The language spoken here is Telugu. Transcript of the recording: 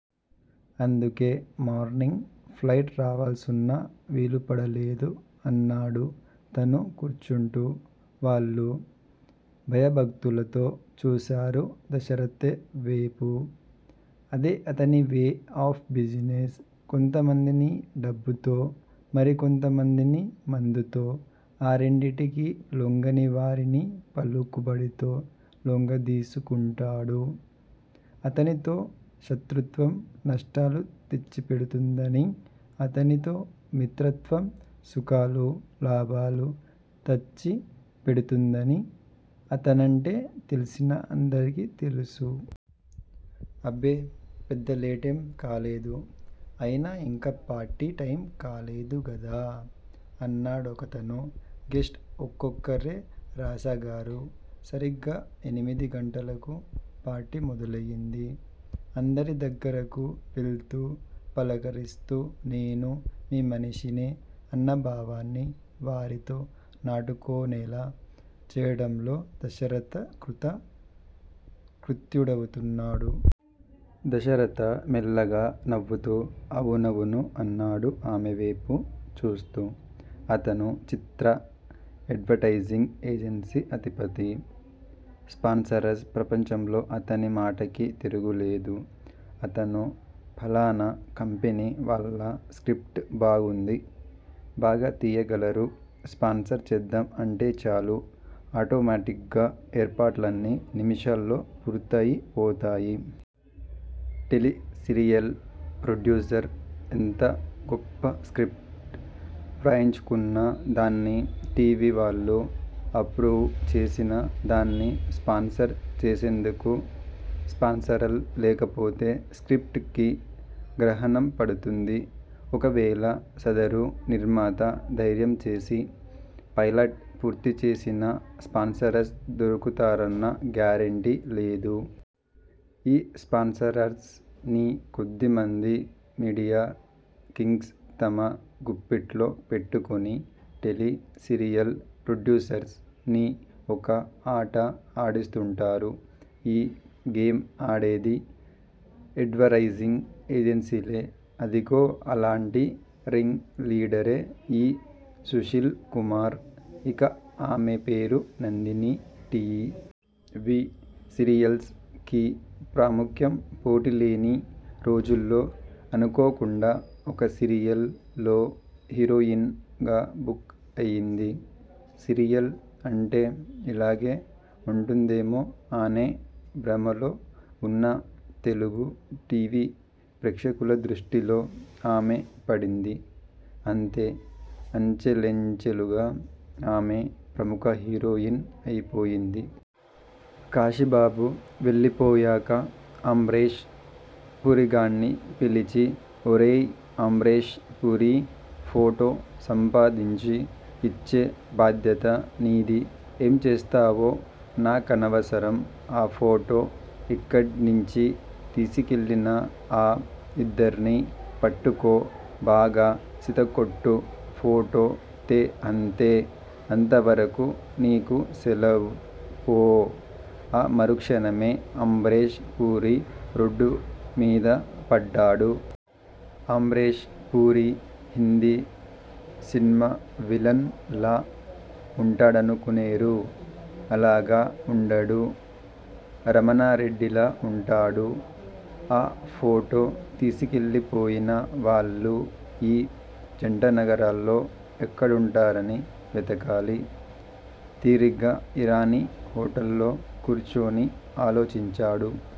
అందుకే మార్నింగ్ ప్లైట్ రావాల్సున్నా వీలుపడలేదు అన్నాడు తనూ కూర్చుంటూ. వాళ్ళు భయభక్తులతో చూసారు దశరథవేపు. అదే అతని వే ఆఫ్ బిజినెస్. కొంతమందిని డబ్బుతో మరికొంతమందిని మందుతో, ఆ రెండిటికి లొంగని వారిని పలుకుబడితో లొంగదీసుకుంటాడు. అతనితో శత్రుత్వం నష్టాలు తెచ్చి పెడుతుందని అతనితో మిత్రత్వం సుఖాలు, లాభాలు తచ్చి పెడుతుందని అతనంటే తెల్సిన అందరికీ తెలుసు. అబ్బే పెద్ద లేటేం కాలేదు. అయినా ఇంకా పార్టీ టైమ్ కాలేదు గదా? అన్నాడొకతను. గేస్ట్స్ ఒక్కొక్కరే రాసాగారు. సరిగ్గా ఎనిమిది గంటలకు పార్టీ మొదలయింది. అందరి దగ్గరకు వెళ్తూ, పలకరిస్తూ నేను మీ మనిషినే అన్న భావాన్ని వారిలో నాటుకొనేలా చేయటంలో దశరథ కృత కృత్యుడవుతున్నాడు. దశరథ మెల్లగా నవ్వుతూ అవునవును అన్నాడు ఆమె వేపు చూస్తూ. అతను 'చిత్రా' ఎడ్వటైజింగ్ ఏజెన్సీ అధిపతి, స్పాన్సరర్స్ ప్రపంచంలో అతని మాటకి తిరుగులేదు. అతను ఫలానా కంపెనీ వాళ్ళ స్క్రిప్ట్ బాగుంది. బాగా తీయగలరు- స్పాన్సర్ చేద్దాం అంటే చాలు ఆటోమాటిగ్గా ఏర్పాట్లన్నీ నిమిషాల్లో పూర్తయి పోతాయి. టెలీ సీరియల్ ప్రొడ్యూసర్ ఎంత గొప్ప స్క్రిప్ట్ వ్రాయించుకున్నా దాన్ని టి. వి వాళ్ళు అప్రూవ్ చేసినా దాన్ని స్పాన్సర్ చేసేందుకు స్పాన్సరర్ లేకపోతే స్క్రిప్ట్ కి గ్రహణం పడుతుంది. ఒకవేళ సదరు నిర్మాత ధైర్యంచేసి 'పైలట్' పూర్తి చేసినా స్పాన్సరర్స్ దొరుకుతారన్న గ్యారంటీ లేదు. ఈ స్పాన్సరర్స్ ని కొద్దిమంది మీడియా కింగ్స్ తమ గుప్పిట్లో పెట్టుకొని టెలీ సీరియల్ ప్రొడ్యుసర్స్ ని ఒక ఆట ఆడిస్తూంటారు. ఈ గేమ్ ఆడేది ఎడ్వర్టైజింగ్ ఏజెన్సీలే. అదిగో అలాంటి రింగ్ లీడరే ఈ సుశీల్ కుమార్. ఇక ఆమె పేరు నందిని. టీ. వీ సీరియల్స్ కి ప్రాముఖ్యం పోటీలేని రోజుల్లో అనుకోకుండా ఒక సీరియల్ లో హీరోయిన్ గా బుక్ అయింది. సీరియల్ అంటే ఇలాగే ఉంటుందేమో అనే భ్రమలో ఉన్న తెలుగు టీ. వీ ప్రేక్షకులదృష్టిలో ఆమె పడింది. అంతే అంచెలంచేలుగా ఆమె ప్రముఖ హీరోయిన్ అయిపోయింది। కాశీబాబు వెళ్ళిపోయాక- అమ్రేష్ పురీగాడ్ని పిలిచి- ఒరేయ్ అమ్రేష్ పురీ ఫోటో సంపాదించి ఇచ్చే బాధ్యత నీది ఏం చేస్తావో నాకనవసరం ఆ ఫోటో ఇక్కడ్నించి తీసికెళ్ళిన ఆ ఇద్దర్నీ పట్టుకో బాగా చితక్కొట్టు ఫోటో తే అంతే అంతవరకూ నీకు సెలవ్ పో. ఆ మరుక్షణమే అమ్రేష్ పురి రోడ్డు మీద పడ్డాడు. అమ్రేష్ పురీ హిందీ సిన్మా విలన్ లా ఉంటాడనుకునేరు. అలాగ ఉండడు. రమణారెడ్డిలా ఉంటాడు. ఆ ఫోటో తీసికెళ్ళిపోయిన వాళ్ళు ఈ జంటనగరాల్లో ఎక్కడుంటారని వెతకాలి? తీరిగ్గా ఇరానీ హోటల్లో కూర్చుని ఆలోచించాడు.